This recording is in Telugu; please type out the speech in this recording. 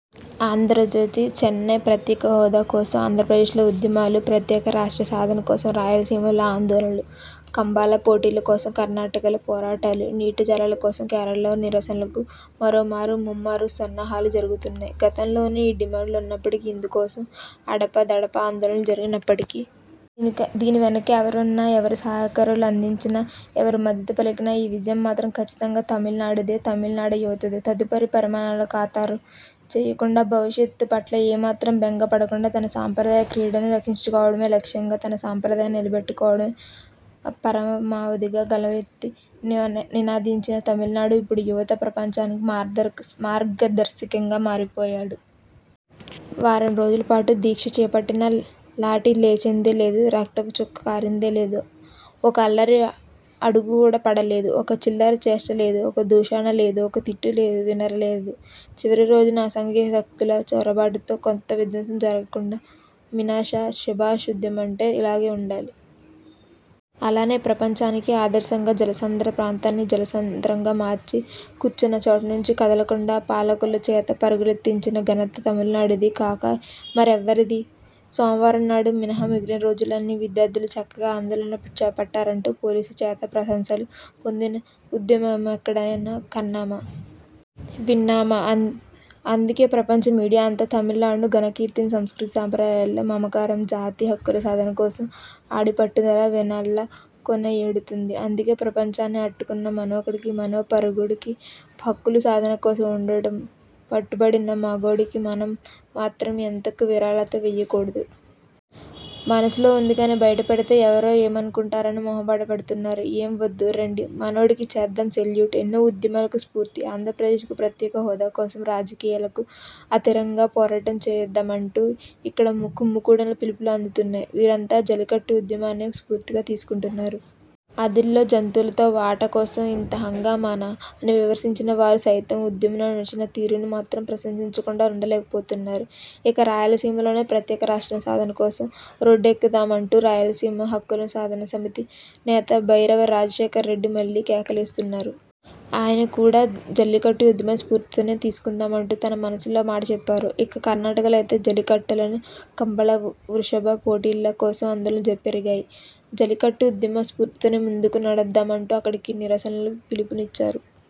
ఆంధ్రజ్యోతి, చెన్నై ప్రత్యేక హోదా కోసం ఆంధ్రప్రదేశ్లో ఉద్యమాలు.. ప్రత్యేక రాష్ట్ర సాధన కోసం రాయలసీమలో ఆందోళనలు, కంబళ పోటీల కోసం కర్ణాటకలో పోరాటాలు, నీటి జలాల కోసం కేరళలో నిరసనలకు మరోమారు ముమ్మర సన్నాహాలు జరుగుతున్నాయి. గతంలోనూ ఈ డిమాండ్లు వున్నప్పటికీ, ఇందుకోసం అడపాదడపా ఆందోళనలు జరిగినప్పటికీ.. దీని వెనుక ఎవరున్నా, ఎవరు సహాయ సహకారాలు అందించినా, ఎవరు మద్దతు పలికినా.. ఈ విజయం మాత్రం ఖచ్చితంగా తమిళుడిదే, తమిళ యువతదే! తదుపరి పరిణామాలు ఖాతరు చేయకుండా, భవిష్యత్తు పట్ల ఏమాత్రం బెంగ పడకుండా తన సంప్రదాయ క్రీడను రక్షించుకోవడమే లక్ష్యంగా, తన సంప్రదాయాన్ని నిలబెట్టుకోవడమే పరమావధిగా గళమెత్తి నినదించిన తమిళుడు ఇప్పుడు యావత్ ప్రపంచానికి మార్గదర్శిగా మారిపోయాడు. వారం రోజుల పాటు దీక్ష చేపట్టినా లాఠీ లేచింది లేదు రక్తపు చుక్క కారింది లేదు. ఒక్క అల్లరి అడుగు పడలేదు ఒక్క చిల్లర చేష్టలేదు. ఒక్క దూషణ లేదు ఒక్క తిట్టు వినరాలేదు. చివరి రోజు అసాంఘిక శక్తుల చొరబాటుతో కొంత విధ్వంసం జరగడం మినహా 'శెభాష్ ఉద్యమమంటే ఇలా గుండాలి.. ' అనేలా ప్రపంచానికే ఆదర్శంగా జలసంద్ర ప్రాంతాన్ని జనసంద్రంగా మార్చి, కూర్చున్న చోటు నుంచి కదలకుండా.. పాలకుల చేత పరుగులెత్తించిన ఘనత తమిళుడిది కాక మరెవ్వడిది?.. సోమవారం నాడు మినహా మిగిలిన రోజులన్నీ.. 'విద్యార్థులు చక్కగా ఆందోళన చేపట్టారంటూ' పోలీసుల చేత ప్రశంసలు పొందిన ఉద్యమమెక్కడైనా కన్నామా! విన్నామా?.. అందుకే ప్రపంచ మీడియా అంతా తమిళుడి ఘనకీర్తిని, సంస్కృతీ సంప్రదాయాలపై మమకారం, జాతి హక్కుల సాధన కోసం ఆడి పట్టుదలను వేనోళ్ల కొనియాడుతోంది. అంతగా ప్రపంచాన్ని ఆట్టుకున్న మనోడికి, మన పొరుగోడికి, హక్కుల సాధన కోసం ఉడుం పట్టుబట్టిన మగోడికి మనం మాత్రం ఎందుకు వీరతాళ్లు వెయ్యకూడదు? మనసులో ఉంది గానీ బయటపడితే ఎవరే మనుకుంటారోనని మొహమాటపడుతున్నారా! ఏం వద్దు, రండి! మనోడికి చేద్దాం సెల్యూట్! ఎన్నో ఉద్యమాలకు స్ఫూర్తి! ఆంధ్రప్రదేశ్ కు ప్రత్యేక హోదా కోసం రాజకీయాలకు అతీరంగా పోరాటం చేద్దామంటూ ఇప్పుడు కుమ్ముకుడిగా పిలుపులు అందుతున్నాయి. వీరంతా జల్లికట్టు ఉద్యమాన్నే స్ఫూర్తిగా తీసుకుంటున్నారు. ఆదిలో 'జంతువులతో ఆట కోసం ఇంత హంగామానా? ' అని విమర్శించిన వారు సైతం.. ఉద్యమం నడిచిన తీరును మాత్రం ప్రశంసించకుండా వుండలేకపోతున్నారు. ఇక రాయలసీమలోనూ ప్రత్యేక రాష్ట్ర సాధన కోసం రోడ్డెక్కుదామంటూ రాయలసీమ హక్కుల సాధన సమితి నేత బైరవ రాజశేఖర్ రెడ్డి మళ్లీ కేకలేస్తున్నారు. ఆయన కూడా జల్లికట్టు ఉద్యమ స్ఫూర్తినే తీసుకుందామంటూ తన మనసులో మాట చెప్పారు. ఇక కర్ణాటకలో అయితే జల్లికట్టులానే 'కంబళ' వృషభ పోటీల కోసం ఆందోళనలు పెరిగాయి. జల్లికట్టు ఉద్యమ స్ఫూర్తితోనే ముందుకు నడుద్దామంటూ అక్కడి నిరసనకారులు పిలుపునిచ్చారు.